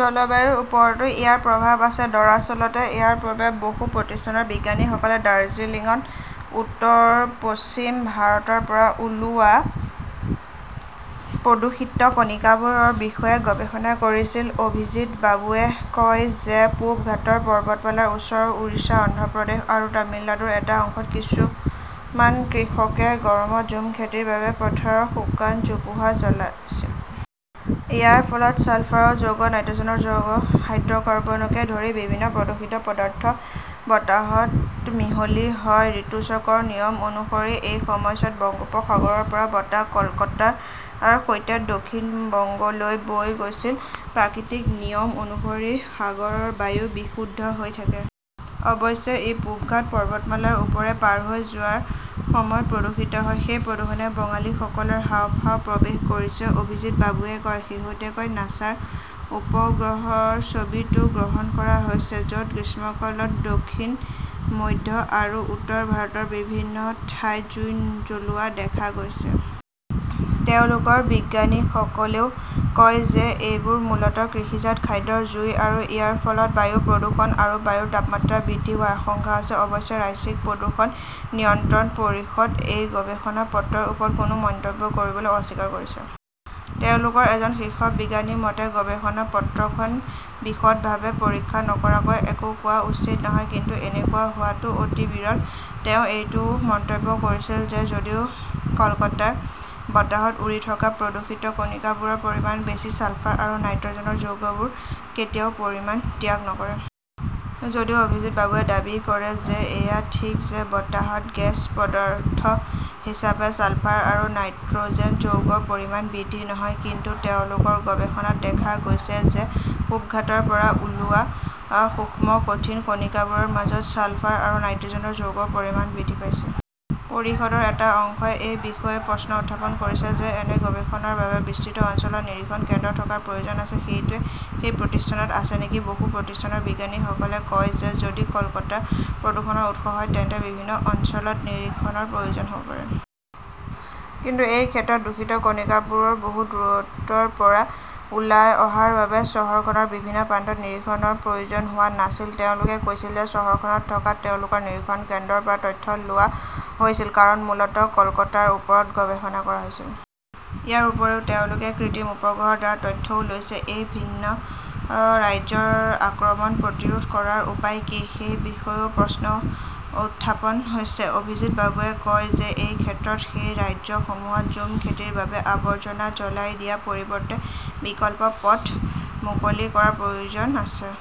জলবায়ুৰ ওপৰতো ইয়াৰ প্ৰভাৱ আছে। দৰাচলতে, ইয়াৰ পূৰ্বে বসু প্ৰতিষ্ঠানৰ বিজ্ঞানীসকলে দাৰ্জিলিংত উত্তৰ-পশ্চিম ভাৰতৰ পৰা ওলোৱা প্ৰদূষিত কণিকাবোৰৰ বিষয়ে গৱেষণা কৰিছিল। অভিজিৎ বাবুৱে কয় যে, পূব ঘাট পৰ্বতমালাৰ ওচৰৰ উৰিষ্যা, অন্ধ্ৰ প্ৰদেশ আৰু তামিলনাডুৰ এটা অংশত কিছুমান কৃষকে গৰমত ঝুম খেতিৰ বাবে পথাৰৰ শুকান জোপোহা জ্বলাইছিল। ইয়াৰ ফলত ছালফাৰ যৌগ, নাইট্ৰ'জেন যৌগ, হাইড্ৰ'কাৰ্বনকে ধৰি বিভিন্ন প্ৰদূষিত পদাৰ্থ বতাহত মিহলি হয়। ঋতুচক্ৰৰ নিয়ম অনুসৰি এই সময়ছোৱাত বংগোপ সাগৰৰ পৰা বতাহ কলকাতাৰ সৈতে দক্ষিণ বংগলৈ বৈ গৈছিল। "প্ৰাকৃতিক নিয়ম অনুসৰি সাগৰৰ বায়ু বিশুদ্ধ হৈ থাকে। অৱশ্যে, ই পূব ঘাট পৰ্বতমালাৰ ওপৰেৰে পাৰ হৈ যোৱাৰ সময়ত প্ৰদূষিত হয়। সেই প্ৰদূষণে বঙালীসকলৰ হাঁওফাঁওত প্ৰৱেশ কৰিছে", অভিজিৎ বাবুৱে কয়। শেহতীয়াকৈ নাছাৰ উপগ্ৰহ ছবিতো গ্ৰহণ কৰা হৈছে, য'ত গ্ৰীষ্মকালত দক্ষিণ, মধ্য আৰু উত্তৰ ভাৰতৰ বিভিন্ন ঠাইত জুই জ্বলোৱা দেখা গৈছে। তেওঁলোকৰ বিজ্ঞানীসকলেও কয় যে, এইবোৰ মূলতঃ কৃষিজাত খাদ্যৰ জুই আৰু ইয়াৰ ফলত বায়ু প্ৰদূষণ আৰু বায়ুৰ তাপমাত্ৰা বৃদ্ধি হোৱাৰ আশংকা আছে। অৱশ্যে ৰাজ্যিক প্ৰদূষণ নিয়ন্ত্ৰণ পৰিষদে এই গৱেষণা পত্ৰৰ ওপৰত কোনো মন্তব্য কৰিবলৈ অস্বীকাৰ কৰিছে। তেওঁলোকৰ এজন শীৰ্ষ বিজ্ঞানীৰ মতে, "গৱেষণা পত্ৰখন বিশদভাৱে পৰীক্ষা নকৰাকৈ একো কোৱা উচিত নহয়। কিন্তু এনেকুৱা হোৱাটো অতি বিৰল"। তেওঁ এইটোও মন্তব্য কৰিছিল যে, যদিও কলকাতাৰ বতাহত উৰি থকা প্ৰদূষিত কণিকাবোৰৰ পৰিমাণ বেছি, ছালফাৰ আৰু নাইট্ৰ'জেন যৌগবোৰে কেতিয়াও পৰিমাণ ত্যাগ নকৰে। যদিও অভিজিৎ বাবুৱে দাবী কৰে যে, এয়া ঠিক যে বতাহত গেছ পদাৰ্থ হিচাপে ছালফাৰ আৰু নাইট্ৰ'জেন যৌগৰ পৰিমাণ বৃদ্ধি নহয়। কিন্তু তেওঁলোকৰ গৱেষণাত দেখা গৈছে যে, পূব ঘাটৰ পৰা ওলোৱা সূক্ষ্ম কঠিন কণিকাবোৰৰ মাজত ছালফাৰ আৰু নাইট্ৰ'জেন যৌগৰ পৰিমাণ বৃদ্ধি পাইছে। পৰিষদৰ এটা অংশই এই বিষয়েও প্ৰশ্ন উত্থাপন কৰিছে যে, এনে গৱেষণাৰ বাবে বিস্তৃত অঞ্চলত নিৰীক্ষণ কেন্দ্ৰ থকাৰ প্ৰয়োজন আছে। সেইটোৱেই সেই প্ৰতিষ্ঠানত আছে নেকি? বসু প্ৰতিষ্ঠানৰ বিজ্ঞানীসকলে কয় যে, যদি কলকাতা প্ৰদূষণৰ উৎস হয়, তেন্তে বিভিন্ন অঞ্চলত নিৰীক্ষণৰ প্ৰয়োজন হব পাৰে। কিন্তু এই ক্ষেত্ৰত দূষিত কণিকাবোৰ বহু দূৰত্বৰ পৰা ওলাই অহাৰ বাবে চহৰখনৰ বিভিন্ন প্ৰান্তত নিৰীক্ষণৰ প্ৰয়োজন হোৱা নাছিল। তেওঁলোকে কৈছিল যে, চহৰখনত থকা তেওঁলোকৰ নিৰীক্ষণ কেন্দ্ৰৰ পৰা তথ্য লোৱা হৈছিল, কাৰণ মূলতঃ কলকাতাৰ ওপৰত গৱেষণা কৰা হৈছিল। ইয়াৰ উপৰিও তেওঁলোকে কৃত্ৰিম উপগ্ৰহৰ দ্বাৰা তথ্যও লৈছিল। এই ভিন ৰাজ্যৰ আক্ৰমণ প্ৰতিৰোধ কৰাৰ উপায় কি, সেই বিষয়েও প্ৰশ্ন উত্থাপন হৈছে। অভিজিৎ বাবুৱে কয় যে, এই ক্ষেত্ৰত সেই ৰাজ্যসমূহত ঝুম খেতিৰ বাবে আৱৰ্জনা জ্বলাই দিয়াৰ পৰিৱৰ্তে বিকল্প পথ মুকলি কৰাৰ প্ৰয়োজন আছে।